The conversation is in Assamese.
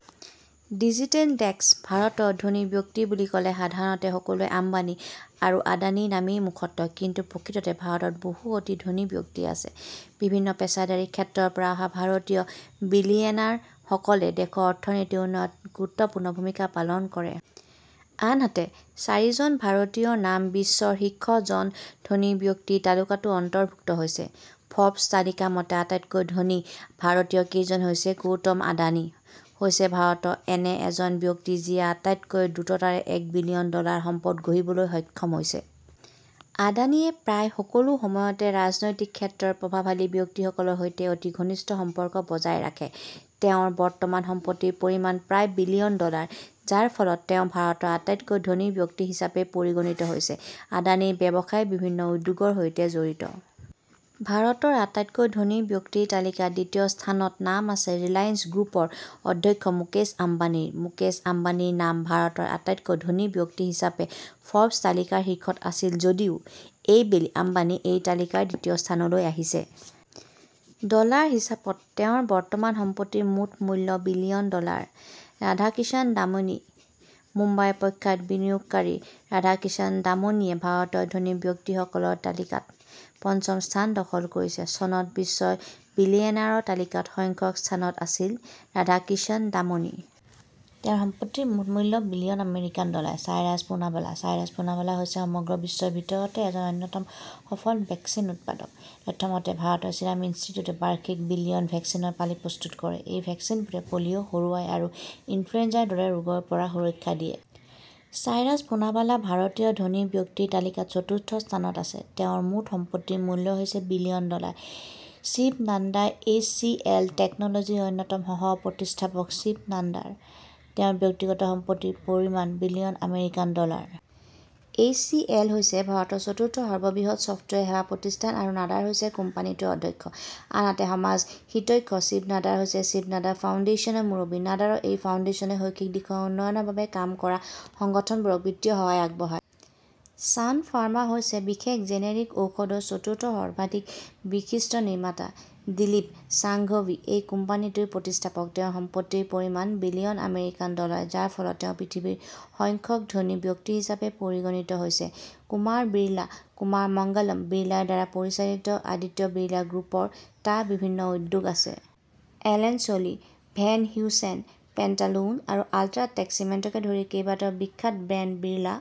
ডিজিটেল ডেস্ক: ভাৰতৰ ধনী ব্যক্তি বুলি কলে সাধাৰণতে সকলোয়ে আম্বানী আৰু আদানিৰ নামেই মুখত লয়। কিন্তু প্ৰকৃততে ভাৰতত বহু অতি ধনী ব্যক্তি আছে। বিভিন্ন পেছাদাৰী ক্ষেত্ৰৰ পৰা অহা ভাৰতীয় বিলিয়নেয়াৰসকলে দেশৰ অৰ্থনীতি উন্নয়নত গুৰুত্বপূৰ্ণ ভূমিকা পালন কৰে। আনহাতে, চাৰিজন ভাৰতীয়ৰ নাম বিশ্বৰ শীৰ্ষ জন ধনী ব্যক্তিৰ তালিকাতো অন্তৰ্ভূক্ত হৈছে। ফৰ্বছ তালিকা মতে, আটাইতকৈ ধনী ভাৰতীয়কেইজন হৈছে- গৌতম আদানি হৈছে ভাৰতৰ এনে এজন ব্যক্তি যিয়ে আটাইতকৈ দ্ৰুততাৰে এক বিলিয়ন ডলাৰ সম্পদ গঢ়িবলৈ সক্ষম হৈছে। আদানিয়ে প্ৰায় সকলো সময়তে ৰাজনৈতিক ক্ষেত্ৰৰ প্ৰভাৱশালী ব্যক্তিসকলৰ সৈতে অতি ঘনিষ্ঠ সম্পৰ্ক বজায় ৰাখে। তেওঁৰ বৰ্তমান সম্পত্তিৰ পৰিমাণ প্ৰায় বিলিয়ন ডলাৰ। যাৰ ফলত তেওঁ ভাৰতৰ আটাইতকৈ ধনী ব্যক্তি হিচাপে পৰিগণিত হৈছে। আদানিৰ ব্যৱসায় বিভিন্ন উদ্যোগৰ সৈতে জড়িত। ভাৰতৰ আটাইতকৈ ধনী ব্যক্তিৰ তালিকাত দ্বিতীয় স্থানত নাম আছে ৰিলায়েন্স গ্ৰুপৰ অধ্যক্ষ মুকেশ আম্বানীৰ। মুকেশ আম্বানীৰ নাম ভাৰতৰ আটাইতকৈ ধনী ব্যক্তি হিচাপে ফৰ্বছ তালিকাৰ শীৰ্ষত আছিল যদিও এইবেলি আম্বানী এই তালিকাৰ দ্বিতীয় স্থানলৈ আহিছে। ডলাৰ হিচাপত তেওঁৰ বৰ্তমান সম্পত্তিৰ মুঠ মূল্য বিলিয়ন ডলাৰ। ৰাধাকিষাণ দামণি মুম্বাইৰ প্ৰখ্যাত বিনিয়োগকাৰী ৰাধাকিষাণ দামণিয়ে ভাৰতৰ ধনী ব্যক্তিসকলৰ তালিকাত পঞ্চম স্থান দখল কৰিছে। চনত বিশ্বৰ বিলিয়নেয়াৰৰ তালিকাত সংখ্যক স্থানত আছিল ৰাধাকিষাণ দামনি। তেওঁৰ সম্পত্তিৰ মুঠ মূল্য billion American dollar. Cyrus Poonawalla Cyrus Poonawalla হৈছে সমগ্ৰ বিশ্বৰ ভিতৰতে এজন অন্যতম সফল ভেকছিন উৎপাদক। তথ্য মতে, ভাৰতৰ চিৰাম ইনষ্টিটিউটে বাৰ্ষিক বিলিয়ন ভেকছিনৰ পালি প্ৰস্তুত কৰে। এই ভেকছিনবোৰে পলিঅ', সৰু আই আৰু ইনফ্লুৱেঞ্জাৰ দৰে ৰোগৰ পৰা সুৰক্ষা দিয়ে। চাইৰাছ পুনাৱালা ভাৰতীয় ধনী ব্যক্তি ৰ তালিকাত চতুৰ্থ স্থানত আছে। তেওঁৰ মুঠ সম্পত্তিৰ মূল্য হৈছে billion dollar. Shiv Nadar H C L টেকন'লজিছৰ অন্যতম সহ-প্ৰতিষ্ঠাপক শিৱ নাদাৰ। তেওঁৰ ব্যক্তিগত সম্পত্তিৰ পৰিমাণ billion American dollar. H C L হৈছে ভাৰতৰ চতুৰ্থ সৰ্ববৃহৎ ছফ্টৱেৰ সেৱা প্ৰতিষ্ঠান আৰু নাদাৰ হৈছে কোম্পানীটোৰ অধ্যক্ষ। আনহাতে, সমাজহিতৈষী শিৱ নাদাৰ হৈছে শিৱ নাদাৰ ফাউণ্ডেচনৰ মুৰব্বী। নাদাৰৰ এই ফাউনণ্ডেচনে শৈক্ষিক দিশৰ উন্নয়নৰ বাবে কাম কৰা সংগঠনবোৰক বিত্তীয় সহায় আগবঢ়ায়। চান ফাৰ্মা হৈছে বিশেষ জেনেৰিক ঔষধৰ চতুৰ্থ সৰ্বাধিক বিশিষ্ট নিৰ্মাতা। দিলীপ শাংঘৱী এই কোম্পানীটোৰ প্ৰতিষ্ঠাপক। তেওঁৰ সম্পত্তিৰ পৰিমাণ. Billion American dollar. যাৰ ফলত তেওঁ পৃথিৱীৰ সংখ্যক ধনী ব্যক্তি হিচাপে পৰিগণিত হৈছে। কুমাৰ বিৰলা কুমাৰ মংগলম বিৰলাৰ দ্বাৰা পৰিচালিত আদিত্য বিৰলা গ্ৰুপৰ টা বিভিন্ন উদ্যোগ আছে। Allen Solly, Van Heusen, Pantaloon আৰু আল্ট্ৰা টেক চিমেণ্টকে ধৰি কেইবাটাও বিখ্যাত ব্ৰেণ্ড বিৰলা